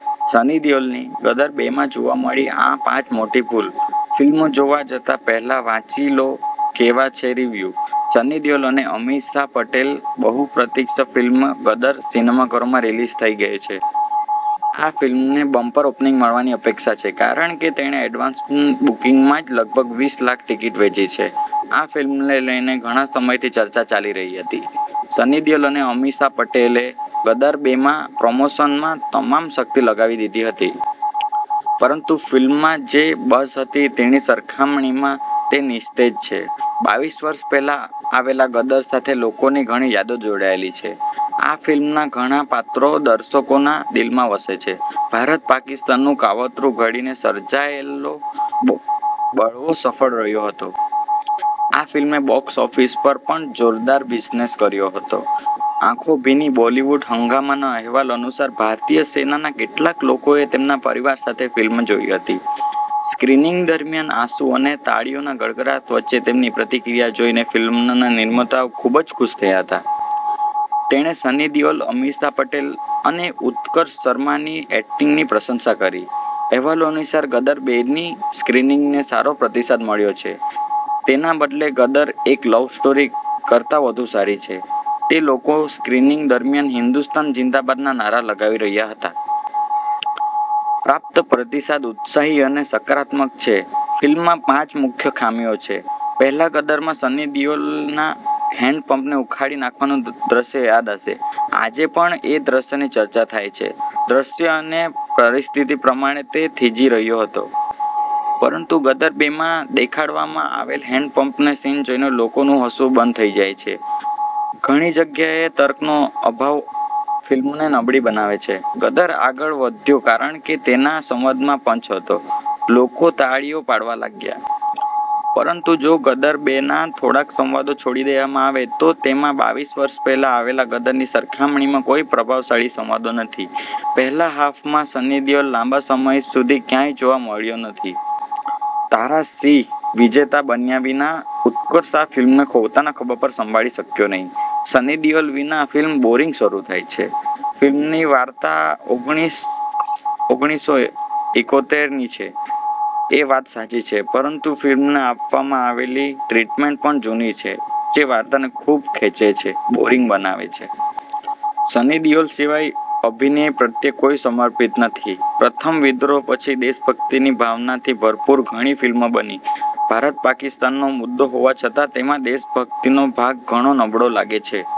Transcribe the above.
સની દેઓલની ' ગદર બે' માં જોવા મળી આ પાંચ મોટી ભૂલ.ફિલ્મ જોવા જતા પહેલા વાંચી લો કેવા છે રિવ્યૂ. સની દેઓલ અને અમીષા પટેલની બહુપ્રતિક્ષિત ફિલ્મ ગદર સિનેમાઘરોમાં રિલીઝ થઈ ગઈ છે. આ ફિલ્મને બમ્પર ઓપનિંગ મળવાની અપેક્ષા છે કારણ કે તેણે એડવાન્સ બુકિંગમાં જ લગભગ વીસ લાખ ટિકિટ વેચી છે. આ ફિલ્મને લઈને ઘણા સમયથી ચર્ચા ચાલી રહી હતી. સની દેઓલ અને અમીષા પટેલે ગદર બેના પ્રમોશનમાં તમામ શક્તિ લગાવી દીધી હતી. પરંતુ ફિલ્મમાં જે બઝ હતી તેની સરખામણીમાં તે નિસ્તેજ છે. બાવીસ વર્ષ પહેલા આવેલા ગદર સાથે લોકોની ઘણી યાદો જોડાયેલી છે. આ ફિલ્મના ઘણા પાત્રો દર્શકોના દિલમાં વસે છે. ભારત-પાકિસ્તાનનું કાવતરું ઘડીને સર્જાયેલો બળવો સફળ રહ્યો હતો. આ ફિલ્મે બોક્સ ઓફિસ પર પણ જોરદાર બિઝનેસ કર્યો હતો. આંખો ભીની બોલિવૂડ હંગામાના અહેવાલ અનુસાર, ભારતીય સેનાના કેટલાક લોકોએ તેમના પરિવાર સાથે ફિલ્મ જોઈ હતી. સ્ક્રિનિંગ દરમિયાન આંસુ અને તાળીઓના ગડગડાટ વચ્ચે તેની પ્રતિક્રિયા જોઈને ફિલ્મના નિર્માતાઓ ખૂબ જ ખુશ થયા. તેણે સની દેઓલ, અમીષા પટેલ અને ઉત્કર્ષ શર્માની એક્ટિંગની પ્રશંસા કરી. અહેવાલો અનુસાર, ગદર બે ની સ્ક્રીનિંગને સારો પ્રતિસાદ મળ્યો છે. તેના બદલે 'ગદર- એક લવ સ્ટોરી' કરતાં વધુ સારી છે. તે લોકો સ્ક્રીનિંગ દરમિયાન હિન્દુસ્તાન ઝિંદાબાદના નારા લગાવી રહ્યા હતા. પ્રાપ્ત પ્રતિસાદ ઉત્સાહી અને સકારાત્મક છે. ફિલ્મમાં પાંચ મુખ્ય ખામીઓ છે પહેલા ગદરમાં સની દેઓલના હેન્ડપંપને ઉખાડી નાખવાનું દ્રશ્ય યાદ હશે. આજે પણ એ દ્રશ્યની ચર્ચા થાય છે. દ્રશ્ય અને પરિસ્થિતિ પ્રમાણે તે થીજી રહ્યો હતો. પરંતુ ગદર બે માં દેખાડવામાં આવેલ હેન્ડપમ્પ સીન જોઈને લોકોનું હસવું બંધ થઈ જાય છે. ઘણી જગ્યાએ તર્કનો અભાવ ફિલ્મને નબળી બનાવે છે. ગદર આગળ વધ્યો કારણ કે તેના સંવાદમાં પંચ હતો. લોકો તાળીઓ પાડવા લાગ્યા. પરંતુ જો ગદર બે ના થોડાક સંવાદો છોડી દેવામાં આવે તો તેમાં બાવીસ વર્ષ પહેલા આવેલા ગદરની સરખામણીમાં કોઈ પ્રભાવશાળી સંવાદો નથી. પહેલા હાફમાં સની દેઓલ લાંબા સમય સુધી ક્યાંય જોવા મળ્યો નથી. તારા સિંહ વિજેતા બન્યા વિના, ઉત્કર્ષ આ ફિલ્મને પોતાના ખભા પર સંભાળી શક્યો નહીં. સની દેઓલ વિના ફિલ્મ બોરિંગ શરૂ થાય છે. ફિલ્મની વાર્તા ઓગણીસો એકોતેર ની છે, એ વાત સાચી છે, પરંતુ ફિલ્મને આપવામાં આવેલી ટ્રીટમેન્ટ પણ જૂની છે, જે વાર્તાને ખૂબ ખેંચે છે, બોરિંગ બનાવે છે. સની દેઓલ સિવાય અભિનય પ્રત્યે કોઈ સમર્પિત નથી. પ્રથમ વિદ્રોહ પછી દેશભક્તિની ભાવનાથી ભરપૂર ઘણી ફિલ્મો બની. ભારત-પાકિસ્તાનનો મુદ્દો હોવા છતાં તેમાં દેશભક્તિનો ભાગ ઘણો નબળો લાગે છે.